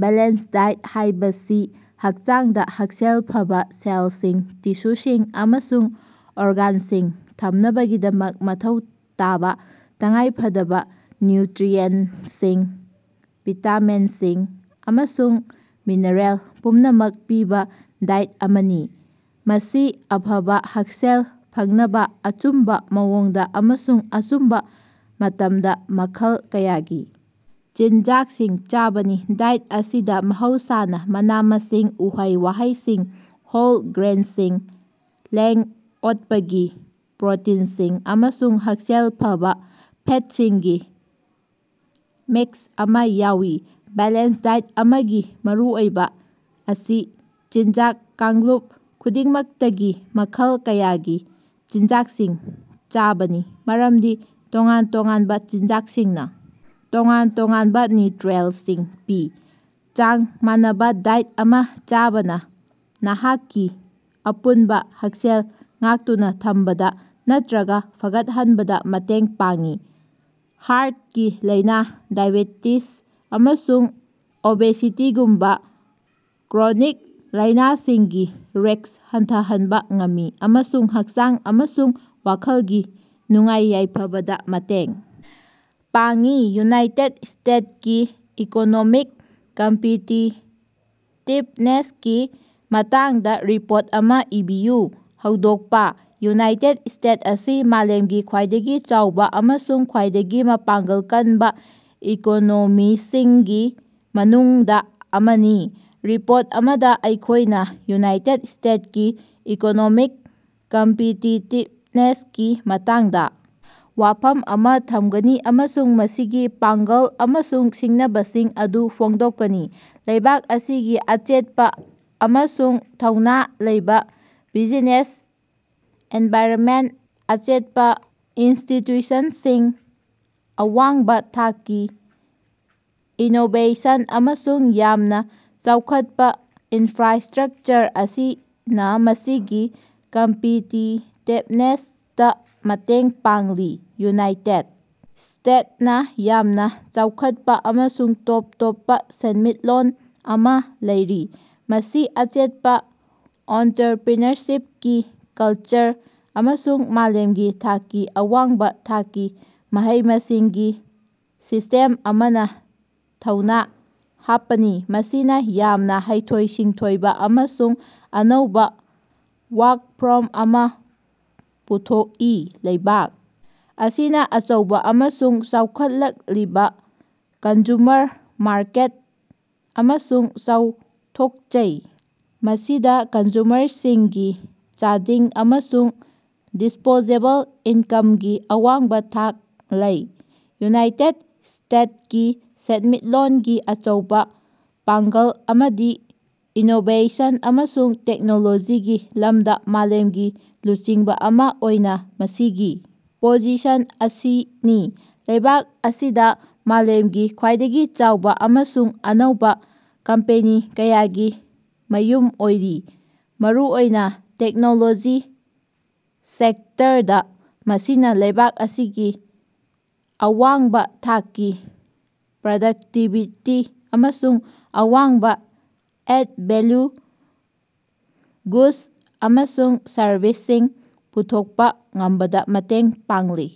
Balance diet ꯍꯥꯏꯕꯁꯤ ꯍꯛꯆꯥꯡꯗ ꯍꯛꯁꯦꯜ ꯐꯕ ꯁꯦꯜꯁꯤꯡ, ꯇꯤꯁꯨꯁꯤꯡ ꯑꯃꯁꯨꯡ ꯑꯣꯔꯒꯥꯟꯁꯤꯡ ꯊꯝꯅꯕꯒꯤꯗꯃꯛ ꯃꯊꯧ ꯇꯥꯕ ꯇꯉꯥꯏꯐꯗꯕ ꯅ꯭ꯌꯨꯇ꯭ꯔꯤꯑꯦꯟꯇꯁꯤꯡ, ꯚꯤꯇꯥꯃꯤꯟꯁꯤꯡ ꯑꯃꯁꯨꯡ ꯃꯤꯅꯔꯦꯜ ꯄꯨꯝꯅꯃꯛ ꯄꯤꯕ ꯗꯥꯏꯠ ꯑꯃꯅꯤ꯫ ꯃꯁꯤ ꯑꯐꯕ ꯍꯛꯁꯦꯜ ꯐꯪꯅꯕ ꯑꯆꯨꯝꯕ ꯃꯑꯣꯡꯗ ꯑꯃꯁꯨꯡ ꯑꯆꯨꯝꯕ ꯃꯇꯝꯗ ꯃꯈꯜ ꯀꯌꯥꯒꯤ ꯆꯤꯟꯖꯥꯛꯁꯤꯡ ꯆꯥꯕꯅꯤ꯫ ꯗꯥꯏꯠ ꯑꯁꯤꯗ ꯃꯍꯧꯁꯥꯅ ꯃꯅꯥ-ꯃꯁꯤꯡ, ꯎꯍꯩ-ꯋꯥꯍꯩꯁꯤꯡ, ꯍꯣꯜ ꯒ꯭ꯔꯦꯟꯁꯤꯡ, ꯂꯦꯡ-ꯑꯣꯠꯄꯒꯤ ꯄ꯭ꯔꯣꯇꯤꯟꯁꯤꯡ ꯑꯃꯁꯨꯡ ꯍꯛꯁꯦꯜ ꯐꯕ ꯐꯦꯠꯁꯤꯡꯒꯤ ꯃꯤꯛꯁ ꯑꯃ ꯌꯥꯎꯏ꯫ ꯕꯦꯂꯦꯟꯁ ꯗꯥꯏꯠ ꯑꯃꯒꯤ ꯃꯔꯨꯑꯣꯏꯕ ꯑꯁꯤ ꯆꯤꯟꯖꯥꯛ ꯀꯥꯡꯂꯨꯞ ꯈꯨꯗꯤꯡꯃꯛꯇꯒꯤ ꯃꯈꯜ ꯀꯌꯥꯒꯤ ꯆꯤꯟꯖꯥꯛꯁꯤꯡ ꯆꯥꯕꯅꯤ, ꯃꯔꯝꯗꯤ ꯇꯣꯉꯥꯟ-ꯇꯣꯉꯥꯟꯕ ꯆꯤꯟꯖꯥꯛꯁꯤꯡꯅ ꯇꯣꯉꯥꯟ-ꯇꯣꯉꯥꯛꯕ ꯅ꯭ꯌꯨꯠꯔꯤꯑꯦꯟꯇꯁꯤꯡ ꯄꯤ꯫ ꯆꯥꯡ ꯃꯥꯟꯅꯕꯥ ꯗꯥꯏꯠ ꯑꯃ ꯆꯥꯕꯅ ꯅꯍꯥꯛꯀꯤ ꯑꯄꯨꯟꯕ ꯍꯛꯁꯦꯜ ꯉꯥꯛꯇꯨꯅ ꯊꯝꯕꯗ ꯅꯠꯇ꯭ꯔꯒ ꯐꯒꯠꯍꯟꯕꯗ ꯃꯇꯦꯡ ꯄꯥꯡꯏ, ꯍꯥꯔꯇꯀꯤ ꯂꯥꯏꯅ, ꯗꯥꯏꯑꯦꯕꯦꯇꯤꯖ, ꯑꯃꯁꯨꯡ ꯑꯣꯕꯦꯁꯤꯇꯤꯒꯨꯝꯕ ꯀ꯭ꯔꯣꯅꯤꯛ ꯂꯥꯏꯅꯥꯁꯤꯡꯒꯤ ꯔꯤꯁ꯭ꯛ ꯍꯟꯊꯍꯟꯕ ꯉꯝꯃꯤ ꯑꯃꯁꯨꯡ ꯍꯛꯆꯥꯡ ꯑꯃꯁꯨꯡ ꯋꯥꯈꯜꯒꯤ ꯅꯨꯡꯉꯥꯏ-ꯌꯥꯏꯐꯕꯗ ꯃꯇꯦꯡ ꯄꯥꯡꯏ꯫ ꯌꯨꯅꯥꯏꯇꯦꯗ ꯏꯁꯇꯦꯇꯁ ꯀꯤ ꯏꯀꯣꯅꯣꯃꯤꯛ ꯀꯝꯄꯤꯇꯤꯇꯤꯞꯅꯦꯁꯀꯤ ꯃꯇꯥꯡꯗꯥ ꯔꯤꯄꯣꯔꯠ ꯑꯃ ꯏꯕꯤꯌꯨ꯫ ꯍꯧꯗꯣꯛꯄ: ꯌꯨꯅꯥꯏꯇꯦꯗ ꯁ꯭ꯇꯦꯇꯁ ꯑꯁꯤ ꯃꯥꯂꯦꯝꯒꯤ ꯈ꯭ꯋꯥꯏꯗꯒꯤ ꯆꯥꯎꯕ ꯑꯃꯁꯨꯡ ꯈ꯭ꯋꯥꯏꯗꯒꯤ ꯃꯄꯥꯉꯡꯒꯜ ꯀꯟꯕ ꯏꯀꯣꯅꯣꯃꯤꯁꯤꯡꯒꯤ ꯃꯅꯨꯡꯗ ꯑꯃꯅꯤ꯫ ꯔꯤꯄꯣꯔꯠ ꯑꯁꯤꯗ ꯑꯩꯈꯣꯏꯅ ꯌꯨꯅꯥꯏꯇꯦꯠ ꯏꯁꯇꯦꯠꯁ ꯀꯤ ꯏꯀꯣꯅꯣꯃꯤꯛ ꯀꯝꯄꯤꯇꯤꯇꯤꯞꯅꯦꯁꯀꯤ ꯃꯇꯥꯡꯗ ꯋꯥꯐꯝ ꯑꯃꯥ ꯊꯝꯒꯅꯤ ꯑꯃꯁꯨꯡ ꯃꯁꯤꯒꯤ ꯄꯥꯉꯡꯒꯜ ꯑꯃꯁꯨꯡ ꯁꯤꯡꯅꯕꯁꯤꯡ ꯑꯗꯨ ꯐꯣꯡꯗꯣꯛꯀꯅꯤ꯫ ꯂꯩꯕꯥꯛ ꯑꯁꯤꯒꯤ ꯑꯆꯦꯠꯄ ꯑꯃꯁꯨꯡ ꯊꯧꯅ ꯂꯩꯕ ꯕꯤꯖꯤꯅꯦꯁ ꯑꯦꯟꯚꯥꯏꯔꯟꯃꯦꯟꯇ, ꯑꯆꯦꯠꯄ ꯏꯟꯁꯇꯤꯇ꯭ꯌꯨꯁꯟꯁꯤꯡ, ꯑꯋꯥꯡꯕ ꯊꯥꯛꯀꯤ ꯏꯅꯣꯕꯦꯁꯟ, ꯑꯃꯁꯨꯡ ꯌꯥꯝꯅ ꯆꯥꯎꯈꯠꯄ ꯏꯟꯐ꯭ꯔꯥꯁ꯭ꯇꯔꯛꯆꯔ ꯑꯁꯤꯅ ꯃꯁꯤꯒꯤ ꯀꯝꯄꯤꯇꯤꯇꯤꯕꯅꯦꯁꯇ ꯃꯇꯦꯡ ꯄꯥꯡꯂꯤ꯫ ꯌꯨꯅꯥꯏꯇꯦꯗ ꯏꯁꯇꯦꯠꯁ ꯅ ꯌꯥꯝꯅ ꯆꯥꯎꯈꯠꯄ ꯑꯃꯁꯨꯡ ꯇꯣꯞ ꯇꯣꯞꯄ ꯁꯦꯟꯃꯤꯠꯂꯣꯟ ꯑꯃ ꯂꯩꯔꯤ, ꯃꯁꯤ ꯑꯆꯦꯠꯄ ꯑꯣꯟꯇ꯭ꯔꯄ꯭ꯔꯤꯅꯔꯁꯤꯞꯀꯤ ꯀꯜꯆꯔ ꯑꯃꯁꯨꯡ ꯃꯥꯂꯦꯝꯒꯤ ꯊꯥꯛꯀꯤ ꯑꯋꯥꯡꯕ ꯊꯥꯛꯀꯤ ꯃꯍꯩ-ꯃꯁꯤꯡꯒꯤ ꯁꯤꯁ꯭ꯇꯦꯝ ꯑꯃꯅ ꯊꯧꯅ ꯍꯥꯞꯄꯅꯤ, ꯃꯁꯤꯅ ꯌꯥꯝꯅ ꯍꯩꯊꯣꯏ-ꯁꯤꯡꯊꯣꯏꯕ ꯑꯃꯁꯨꯡ ꯑꯅꯧꯕ ꯋꯥꯔꯀꯐꯣꯔꯁ ꯑꯃ ꯄꯨꯊꯣꯛꯏ꯫ ꯂꯩꯕꯥꯛ ꯑꯁꯤꯅ ꯑꯆꯧꯕ ꯑꯃꯁꯨꯡ ꯆꯥꯎꯈꯠꯂꯛꯂꯤꯕ ꯀꯟꯖꯨꯃꯔ ꯃꯥꯔꯀꯦꯠ ꯑꯃꯁꯨ ꯆꯥꯎꯊꯣꯛꯆꯩ, ꯃꯁꯤꯗ ꯀꯟꯖꯨꯃꯔꯁꯤꯡꯒꯤ ꯆꯥꯗꯤꯡ ꯑꯃꯁꯨꯡ ꯗꯤꯁ꯭ꯄꯣꯖꯦꯕꯜ ꯏꯟꯀꯝꯒꯤ ꯑꯋꯥꯡꯕ ꯊꯥꯛ ꯂꯩ꯫ ꯌꯨꯅꯥꯏꯇꯦꯗ ꯏꯁꯇꯦꯠꯁ ꯀꯤ ꯁꯦꯟꯃꯤꯠꯂꯣꯟꯒꯤ ꯑꯆꯧꯕ ꯄꯥꯉꯡꯒꯜ ꯑꯃꯗꯤ ꯏꯅꯣꯕꯦꯁꯟ ꯑꯃꯁꯨꯡ ꯇꯦꯛꯅꯣꯂꯣꯖꯤꯒꯤ ꯂꯝꯗ ꯃꯥꯂꯦꯝꯒꯤ ꯂꯨꯆꯤꯡꯕ ꯑꯃ ꯑꯣꯏꯅ ꯃꯁꯤꯒꯤ ꯄꯣꯖꯤꯁꯟ ꯑꯁꯤꯅꯤ꯫ ꯂꯩꯕꯥꯛ ꯑꯁꯤꯗ ꯃꯥꯂꯦꯝꯒꯤ ꯈ꯭ꯋꯥꯏꯗꯒꯤ ꯆꯥꯎꯕ ꯑꯃꯁꯨꯡ ꯑꯅꯧꯕ ꯀꯝꯄꯦꯅꯤ ꯀꯌꯥꯒꯤ ꯃꯌꯨꯝ ꯑꯣꯏꯔꯤ, ꯃꯔꯨꯑꯣꯏꯅ ꯇꯦꯛꯅꯣꯂꯣꯖꯤ ꯁꯦꯛꯇꯔꯗ꯫ ꯃꯁꯤꯅ ꯂꯩꯕꯥꯛ ꯑꯁꯤꯒꯤ ꯑꯋꯥꯡꯕ ꯊꯥꯛꯀꯤ ꯄ꯭ꯔꯗꯛꯇꯤꯕꯤꯇꯤ ꯑꯃꯁꯨꯡ ꯑꯋꯥꯡꯕ ꯑꯦꯗ-ꯚꯦꯜꯌꯨ ꯒꯨꯗꯁ ꯑꯃꯁꯨꯡ ꯁꯔꯕꯤꯁꯁꯤꯡ ꯄꯨꯊꯣꯛꯄ ꯉꯝꯕꯗ ꯃꯇꯦꯡ ꯄꯥꯡꯂꯤ꯫